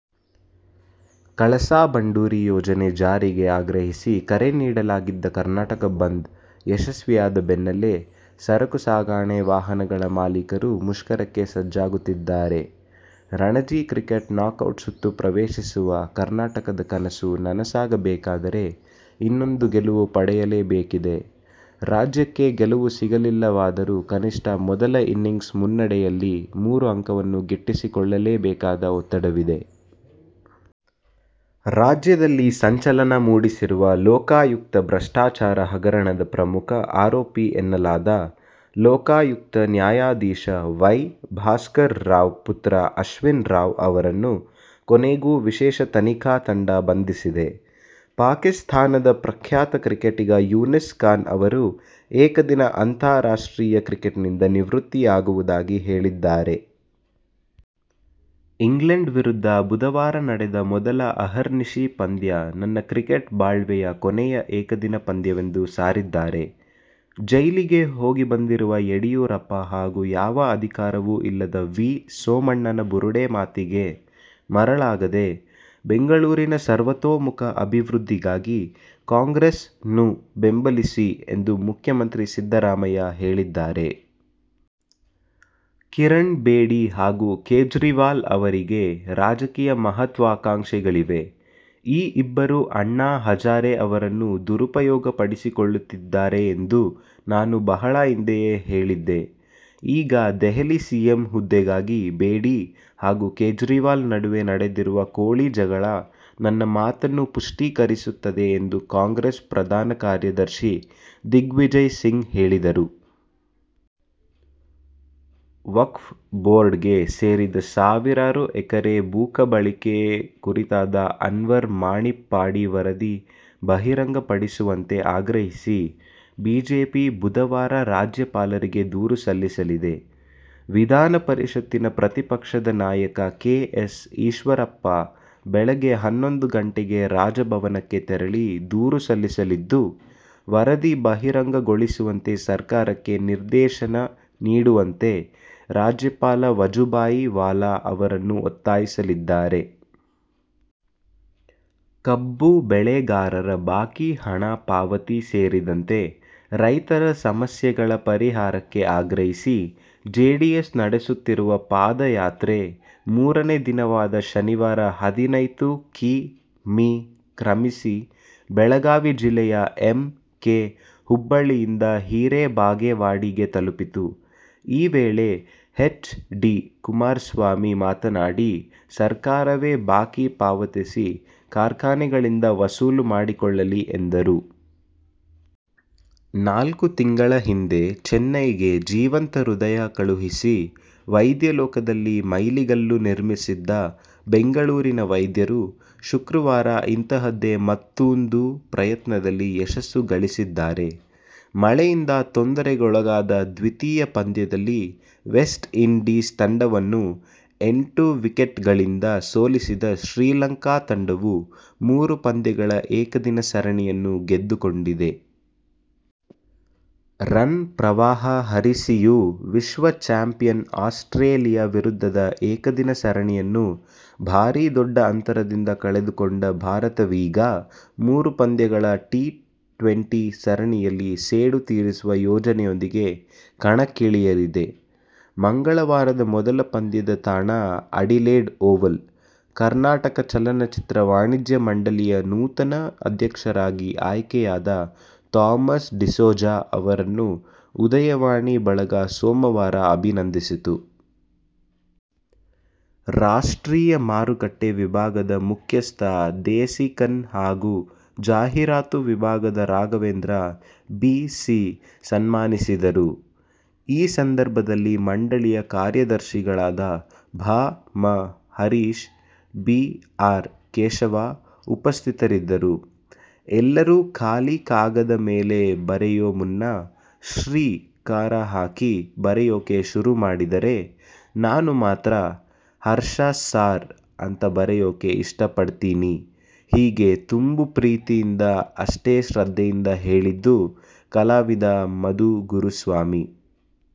ಕಳಸಾ- ಬಂಡೂರಿ ಯೋಜನೆ ಜಾರಿಗೆ ಆಗ್ರಹಿಸಿ ಕರೆ ನೀಡಲಾಗಿದ್ದ ಕರ್ನಾಟಕ ಬಂದ್ ಯಶಸ್ವಿಯಾದ ಬೆನ್ನಲ್ಲೇ ಸರಕು ಸಾಗಣೆ ವಾಹನಗಳ ಮಾಲೀಕರು ಮುಷ್ಕರಕ್ಕೆ ಸಜ್ಜಾಗುತ್ತಿದ್ದಾರೆ. ರಣಜಿ ಕ್ರಿಕೆಟ್ ನಾಕೌಟ್ ಸುತ್ತು ಪ್ರವೇಶಿಸುವ ಕರ್ನಾಟಕದ ಕನಸು ನನಸಾಗಬೇಕಾದರೆ ಇನ್ನೊಂದು ಗೆಲುವು ಪಡೆಯಲೇಬೇಕಿದೆ. ರಾಜ್ಯಕ್ಕೆ ಗೆಲುವು ಸಿಗಲಿಲ್ಲವಾದರೂ ಕನಿಷ್ಠ ಮೊದಲ ಇನಿಂಗ್ಸ್ ಮುನ್ನಡೆಯಲ್ಲಿ ಮೂರು ಅಂಕವನ್ನು ಗಿಟ್ಟಿಸಿಕೊಳ್ಳಲೇಬೇಕಾದ ಒತ್ತಡವಿದೆ. ರಾಜ್ಯದಲ್ಲಿ ಸಂಚಲನ ಮೂಡಿಸಿರುವ ಲೋಕಾಯುಕ್ತ ಭ್ರಷ್ಟಾಚಾರ ಹಗರಣದ ಪ್ರಮುಖ ಆರೋಪಿ ಎನ್ನಲಾದ, ಲೋಕಾಯುಕ್ತ ನ್ಯಾಯಾಧೀಶ ವೈ. ಭಾಸ್ಕರ್ ರಾವ್ ಪುತ್ರ ಅಶ್ವಿನ್ ರಾವ್ ಅವರನ್ನು ಕೊನೆಗೂ ವಿಶೇಷ ತನಿಖಾ ತಂಡ ಬಂಧಿಸಿದೆ. ಪಾಕಿಸ್ಥಾನದ ಪ್ರಖ್ಯಾತ ಕ್ರಿಕೆಟಿಗ ಯೂನಿಸ್ ಖಾನ್ ಅವರು ಏಕದಿನ ಅಂತಾರಾಷ್ಟ್ರೀಯ ಕ್ರಿಕೆಟ್ನಿಂದ ನಿವೃತ್ತಿಯಾಗುವುದಾಗಿ ಹೇಳಿದ್ದಾರೆ. ಇಂಗ್ಲೆಂಡ್ ವಿರುದ್ಧ ಬುಧವಾರ ನಡೆದ ಮೊದಲ ಅಹರ್ನಿಶಿ ಪಂದ್ಯ ನನ್ನ ಕ್ರಿಕೆಟ್ ಬಾಳ್ವೆಯ ಕೊನೆಯ ಏಕದಿನ ಪಂದ್ಯವೆಂದು ಸಾರಿದ್ದಾರೆ. ಜೈಲಿಗೆ ಹೋಗಿಬಂದಿರುವ ಯಡಿಯೂರಪ್ಪ ಹಾಗೂ ಯಾವ ಅಧಿಕಾರವೂ ಇಲ್ಲದ ವಿ. ಸೋಮಣ್ಣನ ಬುರುಡೆ ಮಾತಿಗೆ ಮರಳಾಗದೆ ಬೆಂಗಳೂರಿನ ಸರ್ವತೋಮುಖ ಅಭಿವೃದ್ಧಿಗಾಗಿ ಕಾಂಗ್ರೆಸ್ ನ್ನು ಬೆಂಬಲಿಸಿ ಎಂದು ಮುಖ್ಯಮಂತ್ರಿ ಸಿದ್ದರಾಮಯ್ಯ ಹೇಳಿದ್ದಾರೆ. ಕಿರಣ್ ಬೇಡಿ ಹಾಗೂ ಕೇಜ್ರಿವಾಲ್ ಅವರಿಗೆ ರಾಜಕೀಯ ಮಹತ್ವಾಕಾಂಕ್ಷೆಗಳಿವೆ. ಈ ಇಬ್ಬರು ಅಣ್ಣಾ ಹಜಾರೆ ಅವರನ್ನು ದುರುಪಯೋಗ ಪಡಿಸಿಕೊಳ್ಳುತ್ತಿದ್ದಾರೆ ಎಂದು ನಾನು ಬಹಳ ಹಿಂದೆಯೇ ಹೇಳಿದ್ದೆ. ಈಗ ದೆಹಲಿ ಸಿಎಂ ಹುದ್ದೆಗಾಗಿ ಬೇಡಿ ಹಾಗೂ ಕೇಜ್ರಿವಾಲ್ ನಡುವೆ ನಡೆದಿರುವ ಕೋಳಿ ಜಗಳ ನನ್ನ ಮಾತನ್ನು ಪುಷ್ಟೀಕರಿಸುತ್ತದೆ ಎಂದು ಕಾಂಗ್ರೆಸ್ ಪ್ರಧಾನ ಕಾರ್ಯದರ್ಶಿ ದಿಗ್ವಿಜಯಸಿಂಗ್ ಹೇಳಿದರು. ವಕ್ಫ್ ಬೋರ್ಡ್ಗೆ ಸೇರಿದ ಸಾವಿರಾರು ಎಕರೆ ಭೂಕಬಳಿಕೆ ಕುರಿತಾದ ಅನ್ವರ್ ಮಾಣಿಪ್ಪಾಡಿ ವರದಿ ಬಹಿರಂಗಪಡಿಸುವಂತೆ ಆಗ್ರಹಿಸಿ ಬಿಜೆಪಿ ಬುಧವಾರ ರಾಜ್ಯಪಾಲರಿಗೆ ದೂರು ಸಲ್ಲಿಸಲಿದೆ. ವಿಧಾನಪರಿಷತ್ತಿನ ಪ್ರತಿಪಕ್ಷದ ನಾಯಕ ಕೆ. ಎಸ್. ಈಶ್ವರಪ್ಪ ಬೆಳಗ್ಗೆ ಹನ್ನೊಂದು ಗಂಟೆಗೆ ರಾಜಭವನಕ್ಕೆ ತೆರಳಿ ದೂರು ಸಲ್ಲಿಸಲಿದ್ದು, ವರದಿ ಬಹಿರಂಗಗೊಳಿಸುವಂತೆ ಸರ್ಕಾರಕ್ಕೆ ನಿರ್ದೇಶನನೀಡುವಂತೆ ರಾಜ್ಯಪಾಲ ವಜುಭಾಯಿ ವಾಲಾ ಅವರನ್ನು ಒತ್ತಾಯಿಸಲಿದ್ದಾರೆ. ಕಬ್ಬು ಬೆಳೆಗಾರರ ಬಾಕಿ ಹಣ ಪಾವತಿ ಸೇರಿದಂತೆ ರೈತರ ಸಮಸ್ಯೆಗಳ ಪರಿಹಾರಕ್ಕೆ ಆಗ್ರಹಿಸಿ ಜೆಡಿಎಸ್ ನಡೆಸುತ್ತಿರುವ ಪಾದಯಾತ್ರೆ ಮೂರನೇ ದಿನವಾದ ಶನಿವಾರ ಹದಿನೈದು ಕಿ. ಮೀ. ಕ್ರಮಿಸಿ ಬೆಳಗಾವಿ ಜಿಲ್ಲೆಯ ಎಂ. ಕೆ. ಹುಬ್ಬಳ್ಳಿಯಿಂದ ಹೀರೇಬಾಗೆವಾಡಿಗೆ ತಲುಪಿತು. ಈ ವೇಳೆ ಎಚ್. ಡಿ. ಕುಮಾರಸ್ವಾಮಿ ಮಾತನಾಡಿ, ಸರ್ಕಾರವೇ ಬಾಕಿ ಪಾವತಿಸಿ, ಕಾರ್ಖಾನೆಗಳಿಂದ ವಸೂಲು ಮಾಡಿಕೊಳ್ಳಲಿ ಎಂದರು. ನಾಲ್ಕು ತಿಂಗಳ ಹಿಂದೆ ಚೆನ್ನೈಗೆ ಜೀವಂತ ಹೃದಯ ಕಳುಹಿಸಿ ವೈದ್ಯ ಲೋಕದಲ್ಲಿ ಮೈಲಿಗಲ್ಲು ನಿರ್ಮಿಸಿದ್ದ ಬೆಂಗಳೂರಿನ ವೈದ್ಯರು ಶುಕ್ರವಾರ ಇಂತಹದ್ದೇ ಮತ್ತೂಂದು ಪ್ರಯತ್ನದಲ್ಲಿ ಯಶಸ್ಸು ಗಳಿಸಿದ್ದಾರೆ. ಮಳೆಯಿಂದ ತೊಂದರೆಗೊಳಗಾದ ದ್ವಿತೀಯ ಪಂದ್ಯದಲ್ಲಿ ವೆಸ್ಟ್ಇಂಡೀಸ್ ತಂಡವನ್ನು ಎಂಟು ವಿಕೆಟ್ಗಳಿಂದ ಸೋಲಿಸಿದ ಶ್ರೀಲಂಕಾ ತಂಡವು ಮೂರು ಪಂದ್ಯಗಳ ಏಕದಿನ ಸರಣಿಯನ್ನು ಗೆದ್ದುಕೊಂಡಿದೆ. ರನ್ ಪ್ರವಾಹ ಹರಿಸಿಯೂ ವಿಶ್ವ ಚಾಂಪಿಯನ್ ಆಸ್ಟ್ರೇಲಿಯ ವಿರುದ್ಧದ ಏಕದಿನ ಸರಣಿಯನ್ನು ಭಾರೀ ದೊಡ್ಡ ಅಂತರದಿಂದ ಕಳೆದುಕೊಂಡ ಭಾರತವೀಗ ಮೂರು ಪಂದ್ಯಗಳ ಟಿ-ಟ್ವೆಂಟಿ ಸರಣಿಯಲ್ಲಿ ಸೇಡು ತೀರಿಸುವ ಯೋಜನೆಯೊಂದಿಗೆ ಕಣಕ್ಕಿಳಿಯಲಿದೆ. ಮಂಗಳವಾರದ ಮೊದಲ ಪಂದ್ಯದ ತಾಣ ಅಡಿಲೇಡ್ ಓವಲ್. ಕರ್ನಾಟಕ ಚಲನಚಿತ್ರ ವಾಣಿಜ್ಯ ಮಂಡಳಿಯ ನೂತನ ಅಧ್ಯಕ್ಷರಾಗಿ ಆಯ್ಕೆಯಾದ ಥಾಮಸ್ ಡಿಸೋಜ ಅವರನ್ನು ಉದಯವಾಣಿ ಬಳಗ ಸೋಮವಾರ ಅಭಿನಂದಿಸಿತು. ರಾಷ್ಟ್ರೀಯ ಮಾರುಕಟ್ಟೆ ವಿಭಾಗದ ಮುಖ್ಯಸ್ಥ ದೇಸಿಕನ್ ಹಾಗೂ ಜಾಹೀರಾತು ವಿಭಾಗದ ರಾಘವೇಂದ್ರ ಬಿ. ಸಿ. ಸನ್ಮಾನಿಸಿದರು. ಈ ಸಂದರ್ಭದಲ್ಲಿ ಮಂಡಳಿಯ ಕಾರ್ಯದರ್ಶಿಗಳಾದ ಭಾ. ಮ. ಹರೀಶ್, ಬಿ. ಆರ್. ಕೇಶವ ಉಪಸ್ಥಿತರಿದ್ದರು. ಎಲ್ಲರೂ ಖಾಲಿ ಕಾಗದ ಮೇಲೆ ಬರೆಯೋ ಮುನ್ನ, "ಶ್ರೀ' ಕಾರ ಹಾಕಿ ಬರೆಯೋಕೆ ಶುರು ಮಾಡಿದರೆ, ನಾನು ಮಾತ್ರ, ಹರ್ಷ ಸಾರ್ ಅಂತ ಬರೆಯೋಕೆ ಇಷ್ಟಪಡ್ತೀನಿ -ಹೀಗೆ ತುಂಬು ಪ್ರೀತಿಯಿಂದ ಅಷ್ಟೇ ಶ್ರದ್ಧೆಯಿಂದ ಹೇಳಿದ್ದು, ಕಲಾವಿದ ಮಧು ಗುರುಸ್ವಾಮಿ.